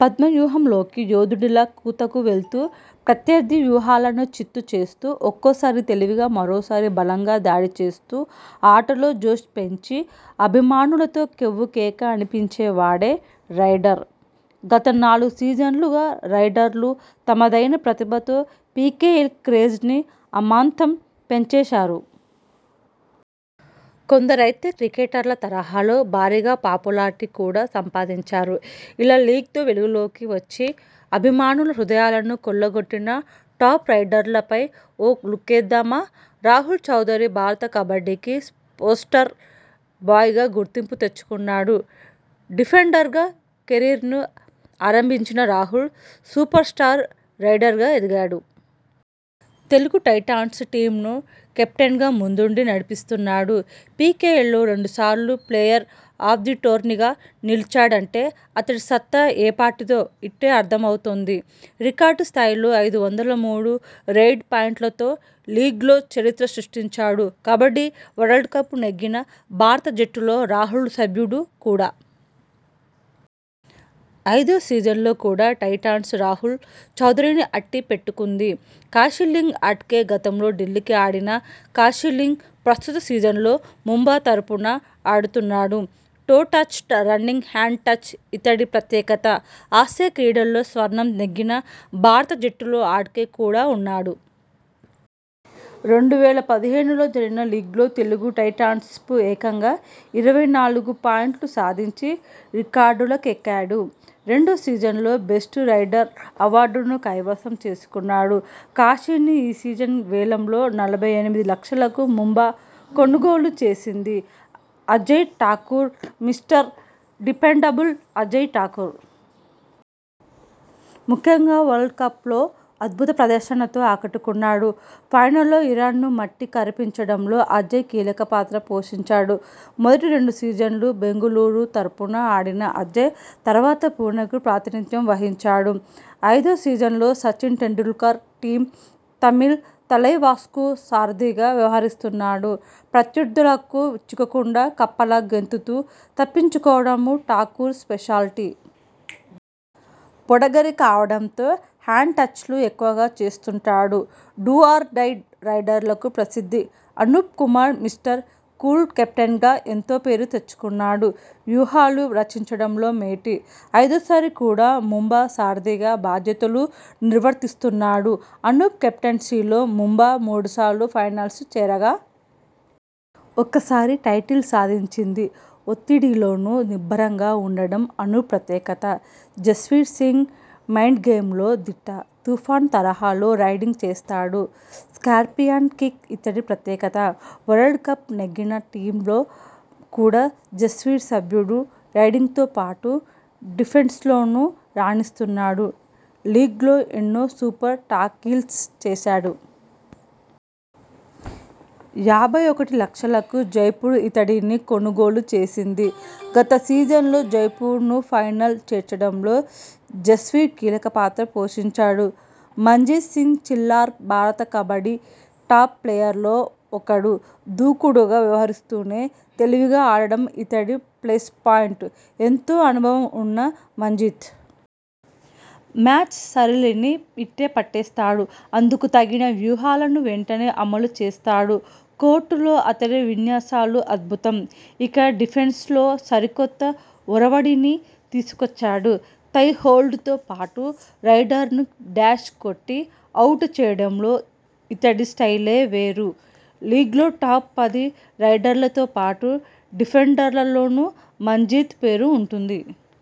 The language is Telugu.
పద్మవ్యూహంలోకి యోధుడిలా కూతకు వెళ్తూ ప్రత్యర్థి వ్యూహాలను చిత్తు చేస్తూ ఒక్కోసారి తెలివిగా మరోసారి బలంగా దాడి చేస్తూ ఆటలో జోష్ పెంచి అభిమానులతో కెవ్వు కేక అనిపించే వాడే రైడర్! గత నాలుగు సీజన్లుగా రైడర్లు తమదైన ప్రతిభతో పీకేఎల్ క్రేజ్ని అమాంతం పెంచేశారు. కొందరైతే క్రికెటర్ల తరహాలో భారీగా పాపులారిటీ కూడా సంపాదించారు. ఇలా లీగ్తో వెలుగులోకి వచ్చి అభిమానుల హృదయాలను కొల్లగొట్టిన టాప్ రైడర్లపై ఓ లుక్కేద్దామా! రాహుల్ చౌదరి భారత కబడ్డీకి పోస్టర్ బాయ్గా గుర్తింపు తెచ్చుకున్నాడు. డిఫెండర్గా కెరీర్ను ఆరంభించిన రాహుల్.. సూపర్ స్టార్ రైడర్గా ఎదిగాడు. తెలుగు టైటాన్స్ టీమ్ను కెప్టెన్గా ముందుండి నడిపిస్తున్నాడు. పీకేఎల్లో రెండుసార్లు ప్లేయర్ ఆఫ్ ది టోర్నీగా నిలిచాడంటే అతడి సత్తా ఏపాటిదో ఇట్టే అర్థమ వుతోంది. రికార్డు స్థాయిలో ఐదు వందల మూడు రెయిడ్ పాయింట్లతో లీగ్లో చరిత్ర సృష్టించాడు. కబడ్డీ వరల్డ్కప్ నెగ్గిన భారత జట్టులో రాహుల్ సభ్యుడు కూడా. ఐదో సీజన్లో కూడా టైటాన్స్ రాహుల్ చౌదరిని అట్టి పెట్టుకుంది. కాశీలింగ్ అడ్కే గతంలో ఢిల్లీకి ఆడిన కాశీలింగ్.. ప్రస్తుత సీజన్లో ముంబా తరఫున ఆడుతున్నాడు. Toe touch, running hand touch ఇతడి ప్రత్యేకత. ఆసియా క్రీడల్లో స్వర్ణం నెగ్గిన భారత జట్టులో అడ్కే కూడా ఉన్నాడు. రెండు వేల పదిహేనులో జరిగిన లీగ్లో తెలుగు టైటాన్స్పై ఏకంగా ఇరవై నాలుగు పాయింట్లు సాధించి రికార్డులకెక్కాడు. రెండో సీజన్లో బెస్ట్ రైడర్ అవార్డును కైవసం చేసుకున్నాడు. కాశీని ఈ సీజన్ వేలంలో నలభై ఎనిమిది లక్షలకు ముంబా కొనుగోలు చేసింది. Ajay Thakur mister dependable Ajay Thakur. ముఖ్యంగా వరల్డ్కప్లో అద్భుత ప్రదర్శనతో ఆకట్టుకున్నాడు. ఫైనల్లో ఇరాన్ను మట్టి కరిపించడంలో అజయ్ కీలకపాత్ర పోషించాడు. మొదటి రెండు సీజన్లు బెంగళూరు తరఫున ఆడిన అజయ్.. తర్వాత పుణెకు ప్రాతినిధ్యం వహించాడు. ఐదో సీజన్లో సచిన్ టెండూల్కర్ టీమ్ తమిళ్ తలైవాస్కు సారథిగా వ్యవహరిస్తున్నాడు. ప్రత్యర్థులకు చిక్కకుండా కప్పలా గెంతుతూ తప్పించుకోవడం ఠాకూర్ స్పెషాలిటీ. పొడగరి కావడంతో హ్యాండ్ టచ్లు ఎక్కువగా చేస్తుంటాడు. డూ ఆర్ డై రైడ్లకు ప్రసిద్ధి. అనూప్ కుమార్ మిస్టర్ కూల్ కెప్టెన్గా ఎంతో పేరు తెచ్చుకున్నాడు. వ్యూహాలు రచించడంలో మేటి. ఐదోసారి కూడా ముంబా సారథిగా బాధ్యతలు నిర్వర్తిస్తున్నాడు. అనూప్ కెప్టెన్సీలో ముంబా మూడుసార్లు ఫైనల్స్ చేరగా.. ఒకసారి టైటిల్ సాధించింది. ఒత్తిడిలోనూ నిబ్బరంగా ఉండడం అనూప్ ప్రత్యేకత. జస్వీర్ సింగ్ మైండ్గేమ్లో దిట్ట. తుఫాన్ తరహాలో రైడింగ్ చేస్తాడు. స్కార్పియాన్ కిక్ ఇతడి ప్రత్యేకత. వరల్డ్కప్ నెగ్గిన టీమ్లో కూడా జస్వీర్ సభ్యుడు. రైడింగ్తోపాటు డిఫెన్స్లోనూ రాణిస్తున్నాడు. లీగ్లో ఎన్నో సూపర్ టాకిల్స్ చేశాడు. యాభై ఒకటి లక్షలకు జైపూర్ ఇతడిని కొనుగోలు చేసింది. గత సీజన్లో జైపూర్ను ఫైనల్ చేర్చడంలో జస్వీర్ కీలకపాత్ర పోషించాడు. మంజీత్ సింగ్ చిల్లార్ భారత కబడ్డీ టాప్ ప్లేయర్లలో ఒకడు. దూకుడుగా వ్యవహరిస్తూనే.. తెలివిగా ఆడడం ఇతడి ప్లస్ పాయింట్. ఎంతో అనుభవం ఉన్న మంజీత్.. మ్యాచ్ సరళిని ఇట్టే పట్టేస్తాడు. అందుకు తగిన వ్యూహాలను వెంటనే అమలు చేస్తాడు. కోర్టులో అతడి విన్యాసాలు అద్భుతం. ఇక డిఫెన్స్లో సరికొత్త ఒరవడిని తీసుకొచ్చాడు. థై హోల్డ్తోపాటు రైడర్ను డాష్ కొట్టి అవుట్ చేయడంలో ఇతడి స్టైలే వేరు. లీగ్లో టాప్-పది రైడర్లతోపాటు డిఫెండర్లలోనూ మంజీత్ పేరు ఉంటుంది.